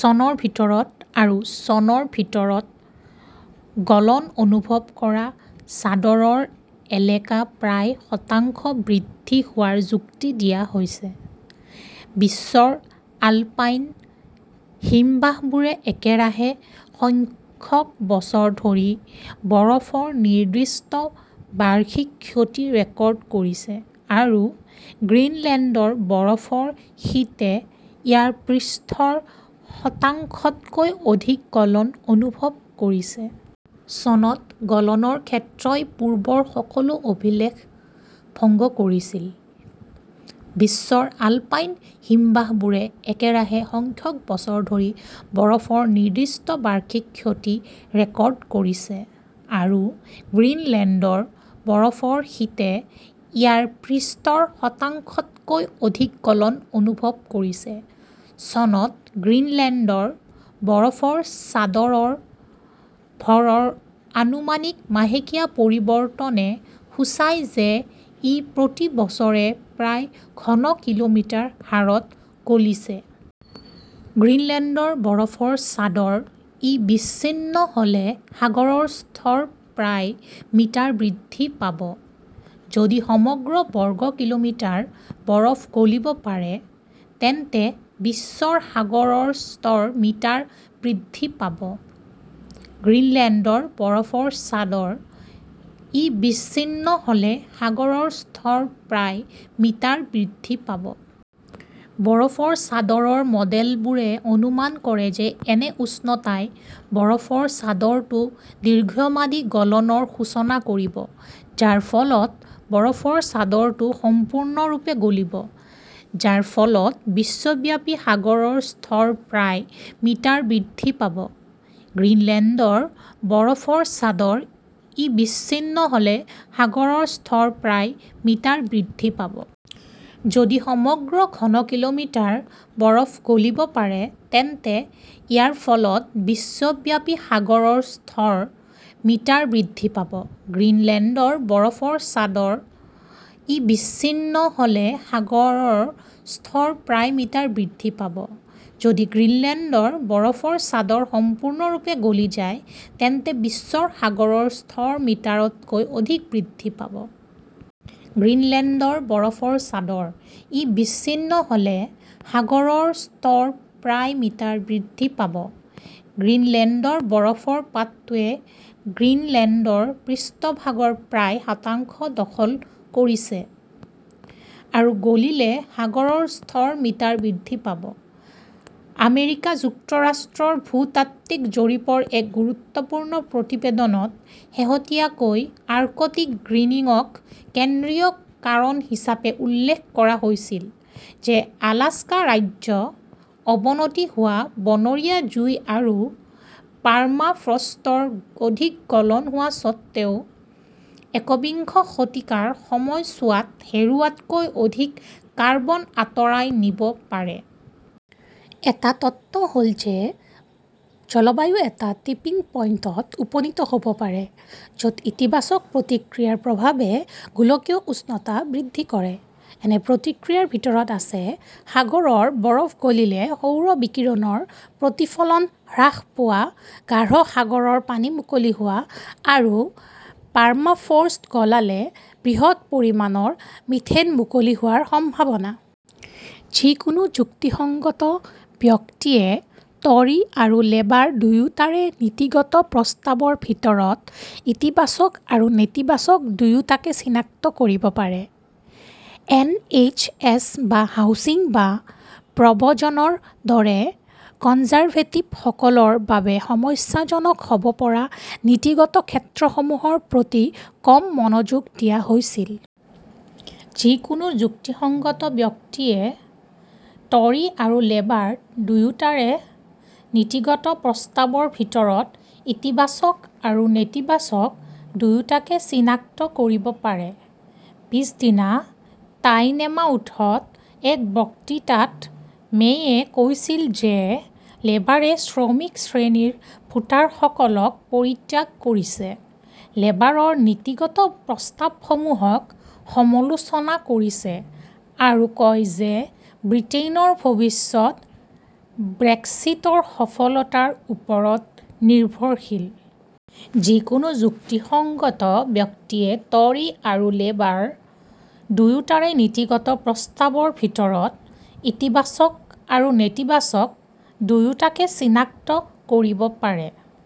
চনৰ ভিতৰত আৰু চনৰ ভিতৰত গলন অনুভৱ কৰা চাদৰৰ এলেকা প্ৰায় শতাংশ বৃদ্ধি হোৱাৰ যুক্তি দিয়া হৈছে। বিশ্বৰ আলপাইন হিমবাহবোৰে একেৰাহে সংখ্যক বছৰ ধৰি বৰফৰ নিৰ্দিষ্ট বাৰ্ষিক ক্ষতি ৰেকৰ্ড কৰিছে আৰু গ্ৰীণলেণ্ডৰ বৰফৰ শীটে ইয়াৰ পৃষ্ঠৰ শতাংশতকৈ অধিক গলন অনুভৱ কৰিছে। চনত গলনৰ ক্ষেত্ৰই পূৰ্বৰ সকলো অভিলেখ ভংগ কৰিছিল। বিশ্বৰ আলপাইন হিমবাহবোৰে একেৰাহে সংখ্যক বছৰ ধৰি বৰফৰ নিৰ্দিষ্ট বাৰ্ষিক ক্ষতি ৰেকৰ্ড কৰিছে আৰু গ্ৰীণলেণ্ডৰ বৰফৰ শীটে ইয়াৰ পৃষ্ঠৰ শতাংশতকৈ অধিক গলন অনুভৱ কৰিছে। চনত গ্ৰীণলেণ্ডৰ বৰফৰ চাদৰৰ ভৰৰ আনুমানিক মাহেকীয়া পৰিৱৰ্তনে সূচায় যে ই প্ৰতি বছৰে প্ৰায় ঘন কিলোমিটাৰ হাৰত গলিছে। গ্ৰীণলেণ্ডৰ বৰফৰ চাদৰ. ই বিচ্ছিন্ন হ "লে সাগৰৰ স্তৰ প্ৰায় মিটাৰ বৃদ্ধি পাব। যদি সমগ্ৰ বৰ্গ কিলোমিটাৰ বৰফ গলিব পাৰে, তেন্তে বিশ্বৰ সাগৰৰ স্তৰ মিটাৰ বৃদ্ধি পাব। গ্ৰীণলেণ্ডৰ বৰফৰ চাদৰ. ই বিচ্ছিন্ন হ "লে সাগৰৰ স্তৰ প্ৰায় মিটাৰ বৃদ্ধি পাব। বৰফৰ চাদৰৰ মডেলবোৰে অনুমান কৰে যে এনে উষ্ণতাই বৰফৰ চাদৰটো দীৰ্ঘম্যাদী গলনৰ সূচনা কৰিব, যাৰ ফলত বৰফৰ চাদৰটো সম্পূৰ্ণৰূপে গলিব, যাৰ ফলত বিশ্বব্যাপী সাগৰৰ স্তৰ প্ৰায় মিটাৰ বৃদ্ধি পাব। গ্ৰীণলেণ্ডৰ বৰফৰ চাদৰ. ই বিচ্ছিন্ন হ "লে সাগৰৰ স্তৰ প্ৰায় মিটাৰ বৃদ্ধি পাব। যদি সমগ্ৰ ঘন কিলোমিটাৰ বৰফ গলিব পাৰে, তেন্তে ইয়াৰ ফলত বিশ্বব্যাপী সাগৰৰ স্তৰ মিটাৰ বৃদ্ধি পাব। গ্ৰীণলেণ্ডৰ বৰফৰ চাদৰ. ই বিচ্ছিন্ন হ "লে সাগৰৰ স্তৰ প্ৰায় মিটাৰ বৃদ্ধি পাব। যদি গ্ৰীণলেণ্ডৰ বৰফৰ চাদৰ সম্পূৰ্ণৰূপে গলি যায়, তেন্তে বিশ্বৰ সাগৰৰ স্তৰ মিটাৰ তকৈ অধিক বৃদ্ধি পাব। গ্ৰীণলেণ্ডৰ বৰফৰ চাদৰ. ই বিচ্ছিন্ন হ "লে সাগৰৰ স্তৰ প্ৰায় মিটাৰ বৃদ্ধি পাব। গ্ৰীণলেণ্ডৰ বৰফৰ পাতটোৱে গ্ৰীণলেণ্ডৰ পৃষ্ঠভাগৰ প্ৰায় শতাংশ দখল কৰিছে, আৰু গলিলে সাগৰৰ স্তৰ মিটাৰ বৃদ্ধি পাব। আমেৰিকা যুক্তৰাষ্ট্ৰৰ ভূতাত্ত্বিক জৰীপৰ এক গুৰুত্বপূৰ্ণ প্ৰতিবেদনত শেহতীয়াকৈ আৰ্কটিক গ্ৰীণিং-ক কেন্দ্ৰীয় কাৰণ হিচাপে উল্লেখ কৰা হৈছিল যে আলাস্কা ৰাজ্য, অৱনতি হোৱা বনৰীয়া জুই আৰু পাৰ্মাফ্ৰষ্টৰ অধিক গলন হোৱা স্বত্বেও, একবিংশ শতিকাৰ সময়ছোৱাত হেৰুওৱাতকৈ অধিক কাৰ্বন আঁতৰাই নিব পাৰে। এটা তত্ত্ব হ 'ল যে জলবায়ু এটা "টিপিঙ পইণ্ট" ত উপনীত হ' ব পাৰে য 'ত ইতিবাচক প্ৰতিক্ৰিয়াৰ প্ৰভাৱে গোলকীয় উষ্ণতা বৃদ্ধি কৰে; এনে প্ৰতিক্ৰিয়াৰ ভিতৰত আছে সাগৰৰ বৰফ গলিলে সৌৰ বিকিৰণৰ প্ৰতিফলন হ্ৰাস পোৱা, গাঢ় সাগৰৰ পানী মুকলি হোৱা, আৰু পাৰ্মাফ্ৰ' ষ্ট গলালে বৃহৎ পৰিমাণৰ মিথেন মুকলি হোৱাৰ সম্ভাৱনা। যিকোনো যুক্তিসংগত ব্যক্তিয়ে ট 'ৰী আৰু লেবাৰ দুয়োটাৰে নীতিগত প্ৰস্তাৱৰ ভিতৰত ইতিবাচক আৰু নেতিবাচক দুয়োটাকে চিনাক্ত কৰিব পাৰে। এন. এইচ. এছ. বা হাউচিং বা প্ৰব্ৰজন ৰ দৰে কনজাৰভেটিভসকলৰ বাবে সমস্যাজনক হ "ব পৰা নীতিগত ক্ষেত্ৰসমূহৰ প্ৰতি কম মনোযোগ দিয়া হৈছিল। যিকোনো যুক্তিসংগত ব্যক্তিয়ে ট 'ৰী আৰু লেবাৰ দুয়োটাৰে নীতিগত প্ৰস্তাৱৰ ভিতৰত ইতিবাচক আৰু নেতিবাচক দুয়োটাকে চিনাক্ত কৰিব পাৰে। পিছদিনা টাইনেমাউথত এক বক্তৃতাত মে 'য়ে কৈছিল যে লেবাৰে শ্ৰমিক শ্ৰেণীৰ ভোটাৰসকলক "পৰিত্যাগ" কৰিছে, লেবাৰৰ নীতিগত প্ৰস্তাৱসমূহক সমালোচনা কৰিছে আৰু কয় যে ব্ৰিটেইনৰ ভৱিষ্যত ব্ৰেক্সিটৰ সফলতাৰ ওপৰত নিৰ্ভৰশীল। যিকোনো যুক্তিসংগত ব্যক্তিয়ে ট 'ৰী আৰু লেবাৰ দুয়োটাৰে নীতিগত প্ৰস্তাৱৰ ভিতৰত ইতিবাচক আৰু নেতিবাচক দুয়োটাকে চিনাক্ত কৰিব পাৰে।